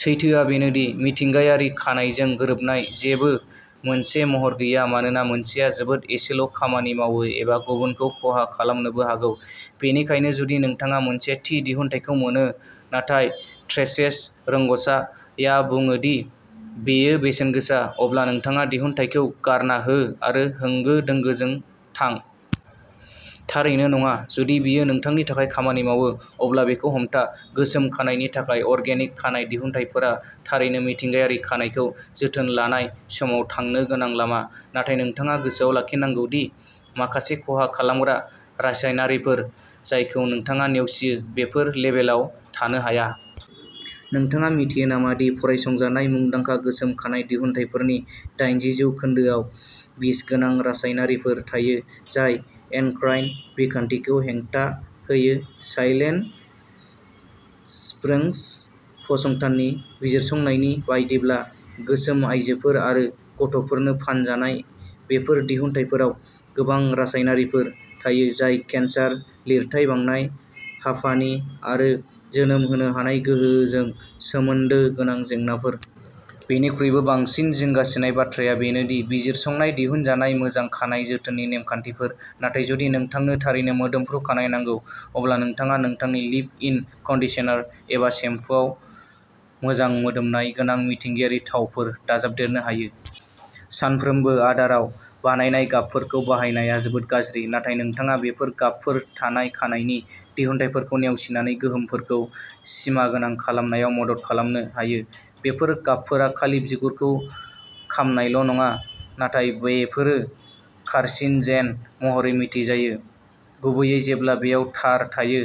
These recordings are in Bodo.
सैथोआ बेनो दि, मिथिंगायारि खानाइजों गोरोबनाय जेबो मोनसे महर गैया मानोना मोनसेया जोबोद एसेल' खामानि मावो एबा गुबुनखौ खहा खालामनोबो हागौ, बेनिखायनो जुदि नोंथाङा मोनसे थि दिहुनथाइखौ मोनो, नाथाय "ट्रेसेस रोंग'सा" आ बुङो दि बेयो बेसेनगोसा, अब्ला नोंथाङा दिहुनथायखौ गारना हो आरो होंगो दोंगोजों थां? थारैनो नङा! जुदि बेयो नोंथांनि थाखाय खामानि मावो, अब्ला बेखौ हमथा! गोसोम खानाइनि थाखाय अर्गेनिक खानाइ दिहुनथायफोरा थारैनो मिथिंगायारि खानाइखौ जोथोन लानाय समाव थांनो गोनां लामा, नाथाय नोंथाङा गोसोआव लाखिनांगौ दि माखासे खहा खालामग्रा रासायनारिफोर जायखौ नोंथाङा नेवसियो, बेफोर लेबेलआव थानो हाया। नोंथाङा मिथियो नामा दि फरायसंजानाय मुंदांखा गोसोम खानाइ दिहुनथायफोरनि दाइनजि जौखोनदो आव बिसगोनां रासायनारिफोर थायो जाय एन्डक्राइन बिखान्थिखौ "हेंथा" होयो? साइलेन्ट स्प्रिंग्स फसंथाननि बिजिरसंनायनि बायदिब्ला, गोसोम आयजोफोर आरो गथ'फोरनो फानजानाय बेफोर दिहुनथायफोराव गोबां रासायनारिफोर थायो, जाय केन्सार, लिरथाय बांनाय, हापानि आरो जोनोम होनो हानाय गोहोजों सोमोन्दो गोनां जेंनाफोर। बेनिख्रुइबो बांसिन जिंगासिनाय बाथ्राया बेनो दि बिजिरसंनाय दिहुनजानाय मोजां खानाय जोथोननि नेमखान्थिफोर, नाथाय जुदि नोंथांनो थारैनो मोदोमफ्रु खानाय नांगौ, अब्ला नोंथाङा नोंथांनि लिभ-इन कन्डिशनार एबा सेम्पुआव मोजां मोदोमनाय गोनां मिथिंगायारि थावफोर दाजाबदेरनो हायो। सानफ्रोमबो आदाराव बानायनाय गाबफोरखौ बाहायनाया जोबोद गाज्रि, नाथाय नोंथाङा बेफोर गाबफोर थानाय खानाइनि दिहुनथायफोरखौ नेवसिनानै गोहोमफोरखौ सिमागोनां खालामनायाव मदद खालामनो हायो। बेफोर गाबफोरा खालि बिगुरखौ खामनायल' नङा, नाथाय बेफोरो कार्सिन'जेन महरै मिथिजायो, गुबैयै जेब्ला बेयाव टार थायो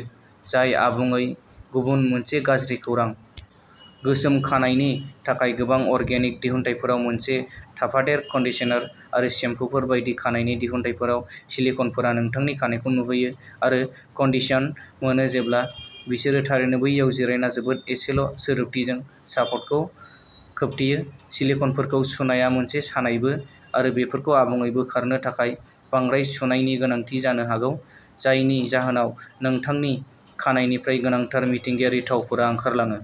जाय आबुङै गुबुन मोनसे गाज्रि खौरां। गोसोम खानाइनि थाखाय गोबां अर्गेनिक दिहुनथायफोराव मोनसे थाफादेर, कन्डिशनार आरो सेम्पुफोर बायदि खानाइनि दिहुनथायफोराव सिलिक'नफोरा नोंथांनि खानाइखौ नुहोयो आरो कन्डिशन्ड मोनो जेब्ला बिसोरो थारैनो बैयाव जिरायना जोबोद एसेल' सिदोबथिजों शाफ्टखौ खोबथेयो। सिलिक'नफोरखौ सुनाया मोनसे सानायबो आरो बेफोरखौ आबुङै बोखारनो थाखाय बांद्राय सुनायनि गोनांथि जानो हागौ, जायनि जाहोनाव नोंथांनि खानाइनिफ्राय गोनांथार मिथिंगायारि थावफोरा ओंखारलाङो।